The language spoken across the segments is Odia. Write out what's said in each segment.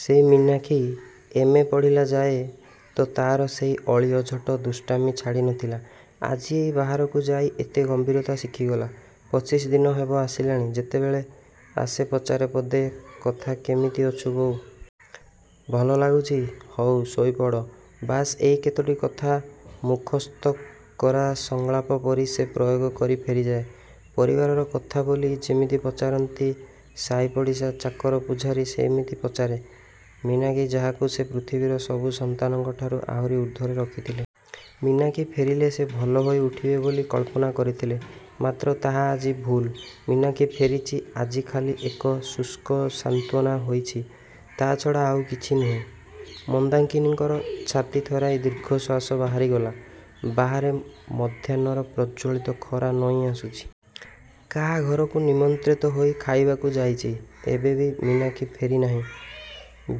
ସେଇ ମୀନାକ୍ଷୀ ଏମ୍ ଏ ପଢ଼ିଲାଯାଏ ତ ତାର ସେଇ ଅଳି, ଅଝଟ, ଦୁଷ୍ଟାମି ଛାଡ଼ି ନଥିଲା । ଆଜି ଏଇ ବାହାରକୁ ଯାଇ ଏତେ ଗମ୍ଭୀରତା ଶିଖିଗଲା । ପଚିଶ ଦିନ ହେବ ଆସିଲାଣି, ଯେତେବେଳେ ଆସେ ପଚାରେ ପଦେ କଥା କେମିତି ଅଛୁ ବୋଉ? ଭଲ ଲାଗୁଚି? ହଉ, ଶୋଇପଡ଼। ବାସ୍ ଏଇ କେତୋଟି କଥା ମୁଖସ୍ଥକରା ସଂଳାପ ପରି ସେ ପ୍ରୟୋଗ କରି ଫେରିଯାଏ। ପଚାରିବାର କଥା ବୋଲି ଯେମିତି ପଚାରନ୍ତି ସାଇ ପଡ଼ିଶା, ଚାକର ପୂଝାରୀ, ସେଇମିତି ପଚାରେ । ମୀନାକ୍ଷୀ ଯାହାକୁ ସେ ପୃଥିବୀର ସବୁ ସନ୍ତାନଙ୍କଠାରୁ ଆହୁରି ଊର୍ଦ୍ଧ୍ଵରେ ରଖିଥିଲେ । ମୀନାକ୍ଷୀ ଫେରିଲେ ସେ ଭଲ ହୋଇ ଉଠିବେ ବୋଲି କଳ୍ପନା କରିଥିଲେ, ମାତ୍ର ତାହା ଆଜି ଭୁଲ୍। ମୀନାକ୍ଷୀ ଫେରିଚି ଆଜି ଖାଲି ଏକ ଶୁଷ୍କ ସାନ୍ତ୍ୱନା ହୋଇଛି, ତା ଛଡ଼ା ଆଉ କିଛି ନୁହେଁ। ମନ୍ଦାକିନୀଙ୍କର ଛାତି ଥରାଇ ଦୀର୍ଘଶ୍ଵାସ ବାହାରିଗଲା, ବାହାରେ ମଧ୍ୟାହ୍ନର ପ୍ରଜ୍ଜ୍ୱଳିତ ଖରା ନଇଁ ଆସୁଚି। କାହା ଘରକୁ ନିମନ୍ତ୍ରିତ ହୋଇ ଖାଇବାକୁ ଯାଇଚି ଏବେ ବି ମୀନାକ୍ଷୀ ଫେରି ନାହିଁ।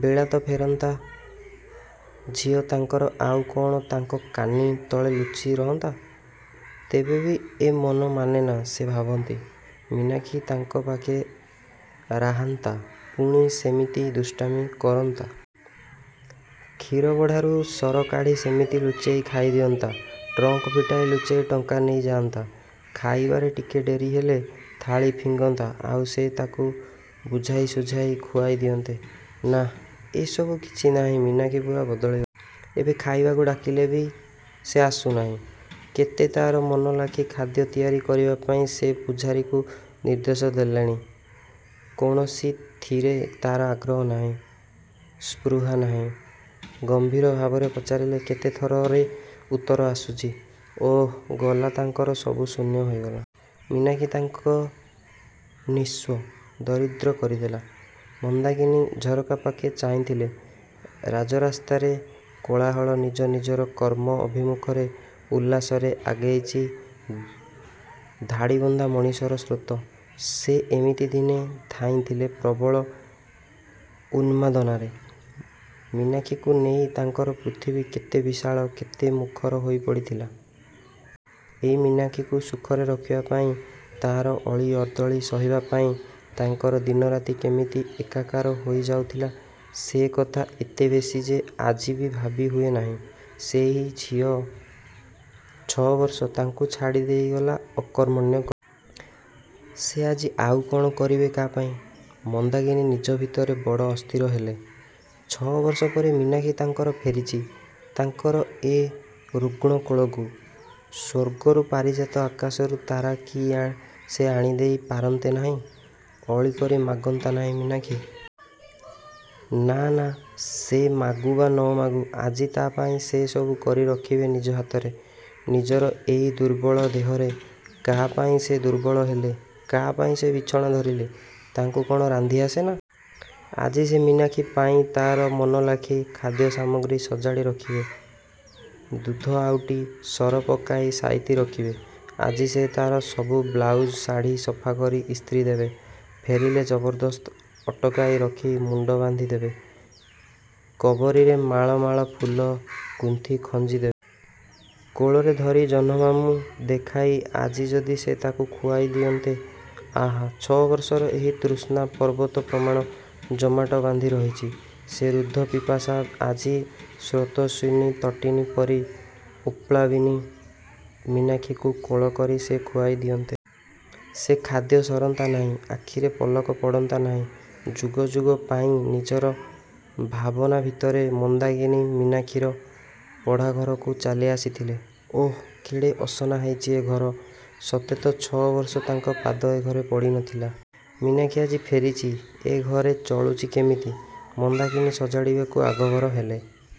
ବିଳାତଫେରନ୍ତା ଝିଅ ତାଙ୍କର ଆଉ କଣ ତାଙ୍କ କାନି ତଳେ ଲୁଚି ରହନ୍ତା? ତେବେ ବି ଏ ମନ ମାନେନା ସେ ଭାବନ୍ତି, ମୀନାକ୍ଷୀ ତାଙ୍କ ପାଖେ ରାହନ୍ତା ପୁଣି ସେମିତି ଦୁଷ୍ଟାମି କରନ୍ତା। କ୍ଷୀରବଢ଼ାରୁ ସର କାଢ଼ି ସେମିତି ଲୁଚେଇ ଖାଇଦିଅନ୍ତା, ଟ୍ରଙ୍କ ଫିଟାଇ ଲୁଚେଇ ଟଙ୍କା ନେଇଯାଆନ୍ତା, ଖାଇବାରେ ଟିକେ ଡେରି ହେଲେ ଥାଳି ଫିଙ୍ଗନ୍ତା, ଆଉ ସେ ତାକୁ ବୁଝାଇଶୁଝାଇ ଖୁଆଇ ଦିଅନ୍ତେ । ନାଃ, ଏ ସବୁ କିଛି ନାହିଁ ମୀନାକ୍ଷୀ ପୂରା ବଦଳିଗଲା । ଏବେ ଖାଇବାକୁ ଡାକିଲେ ବି ସେ ଆସୁ ନାହିଁ। କେତେ ତାର ମନଲାଖି ଖାଦ୍ୟ ତିଆରି କରିବାପାଇଁ ସେ ପୁଝାରୀକୁ ନିର୍ଦ୍ଦେଶ ଦେଲେଣି। କୌଣସିଥିରେ ତାର ଆଗ୍ରହ ନାହିଁ, ସ୍ପୃହା ନାହିଁ। ଗମ୍ଭୀର ଭାବରେ ପଚାରିଲେ କେତେ ଥରରେ ଉତ୍ତର ଆସୁଚି, ଓଃ ଗଲା ତାଙ୍କର ସବୁ ଶୂନ୍ୟ ହୋଇଗଲା। ମୀନାକ୍ଷୀ ତାଙ୍କୁ ନିଃସ୍ୱ, ଦରିଦ୍ର କରିଦେଲା । ମନ୍ଦାକିନୀ ଝରକାପାଖେ ଚାହିଁଥିଲେ, ରାଜରାସ୍ତାରେ କୋଳାହଳ ନିଜ ନିଜର କର୍ମ ଅଭିମୁଖରେ ଉଲ୍ଲାସରେ ଆଗେଇଚି ଧାଡ଼ିବନ୍ଧା ମଣିଷର ସ୍ରୋତ। ସେ ଏମିତି ଦିନେ ଧାଇଁଥିଲେ ପ୍ରବଳ ଉନ୍ମାଦନାରେ। ମୀନାକ୍ଷୀକୁ ନେଇ ତାଙ୍କର ପୃଥିବୀ କେତେ ବିଶାଳ, କେତେ ମୁଖର ହୋଇପଡ଼ିଥିଲା? ଏଇ ମୀନାକ୍ଷୀକୁ ସୁଖରେ ରଖିବାପାଇଁ, ତାର ଅଳି ଅର୍ଦ୍ଦଳି ସହିବାପାଇଁ, ତାଙ୍କର ଦିନରାତି କେମିତି ଏକାକାର ହୋଇ ଯାଉଥିଲା ସେ କଥା ଏତେ ବେଶୀ ଯେ ଆଜି ବି ଭାବି ହୁଏ ନାହିଁ। ସେଇ ଝିଅ ଛ ବର୍ଷ ତାଙ୍କୁ ଛାଡ଼ି ଦେଇଗଲା ଅକର୍ମଣ୍ୟ କରି। ସେ ଆଜି ଆଉ କଣ କରିବେ କା ପାଇଁ? ମନ୍ଦାକିନୀ ନିଜ ଭିତରେ ବଡ଼ ଅସ୍ଥିର ହେଲେ। ଛ ବର୍ଷ ପରେ ମୀନାକ୍ଷୀ ତାଙ୍କର ଫେରିଚି, ତାଙ୍କର ଏ ରୁଗ୍ଣ କୋଳକୁ। ସ୍ୱର୍ଗରୁ ପାରିଜାତ ଆକାଶରୁ ତାରା କି ସେ ଆଣିଦେଇ ପାରନ୍ତେ ନାହିଁ? ଅଳି କରି ମାଗନ୍ତା ନାହିଁ ମୀନାକ୍ଷୀ? ନା ନା ସେ ମାଗୁ ବା ନ ମାଗୁ ଆଜି ତା ପାଇଁ ସେ ସବୁ କରି ରଖିବେ ନିଜ ହାତରେ, ନିଜର ଏଇ ଦୁର୍ବଳ ଦେହରେ। କାହାପାଇଁ ସେ ଦୁର୍ବଳ ହେଲେ? କାହାପାଇଁ ସେ ବିଛଣା ଧରିଲେ? ତାଙ୍କୁ କଣ ରାନ୍ଧି ଆସେ ନା? ଆଜି ସେ ମୀନାକ୍ଷୀପାଇଁ ତାର ମନଲାଖି ଖାଦ୍ୟସାମଗ୍ରୀ ସଜାଡ଼ି ରଖିବେ। ଦୁଧ ଆଉଟି, ସର ପକାଇ ସାଇତି ରଖିବେ। ଆଜି ସେ ତାର ସବୁ ବ୍ଲାଉଜ୍, ଶାଢ଼ି ସଫା କରି ଇସ୍ତ୍ରୀ ଦେବେ। ଫେରିଲେ ଜବରଦସ୍ତ ଅଟକାଇ ରଖି ମୁଣ୍ଡ ବାନ୍ଧି ଦେବେ। କବରୀରେ ମାଳ ମାଳ ଫୁଲ ଗୁନ୍ଥି ଖଞ୍ଜି ଦେବେ। କୋଳରେ ଧରି ଜହ୍ନମାମୁଁ ଦେଖାଇ ଆଜି ଯଦି ସେ ତାକୁ ଖୁଆଇ ଦିଅନ୍ତେ ଆଃ ଛ ବର୍ଷର ଏହି ତୃଷ୍ଣା ପର୍ବତପ୍ରମାଣ ଜମାଟ ବାନ୍ଧି ରହିଚି। ସେ ରୁଦ୍ଧ ପିପାସା ଆଜି ସ୍ରୋତସ୍ୱିନୀ ତଟିନୀ ପରି ଉତ୍ପ୍ଲାବିନୀ ମୀନାକ୍ଷୀକୁ କୋଳକରି ସେ ଖୁଆଇ ଦିଅନ୍ତେ । ସେ ଖାଦ୍ୟ ସରନ୍ତା ନାହିଁ, ଆଖିରେ ପଲକ ପଡ଼ନ୍ତା ନାହିଁ ଯୁଗ ଯୁଗ ପାଇଁ। ନିଜର ଭାବନାଭିତରେ ମନ୍ଦାକିନୀ ମୀନାକ୍ଷୀର ପଢ଼ା ଘରକୁ ଚାଲିଆସିଥିଲେ। ଓଃ, କେଡ଼େ ଅସନା ହେଇଚି ଏ ଘର ସତେ ତ ଛ ବର୍ଷ ତାଙ୍କ ପାଦ ଏ ଘରେ ପଡ଼ି ନଥିଲା । ମୀନାକ୍ଷୀ ଆଜି ଫେରିଚି, ଏ ଘରେ ଚଳୁଚି କେମିତି? ମନ୍ଦାକିନୀ ସଜାଡ଼ିବାକୁ ଆଗଭର ହେଲେ।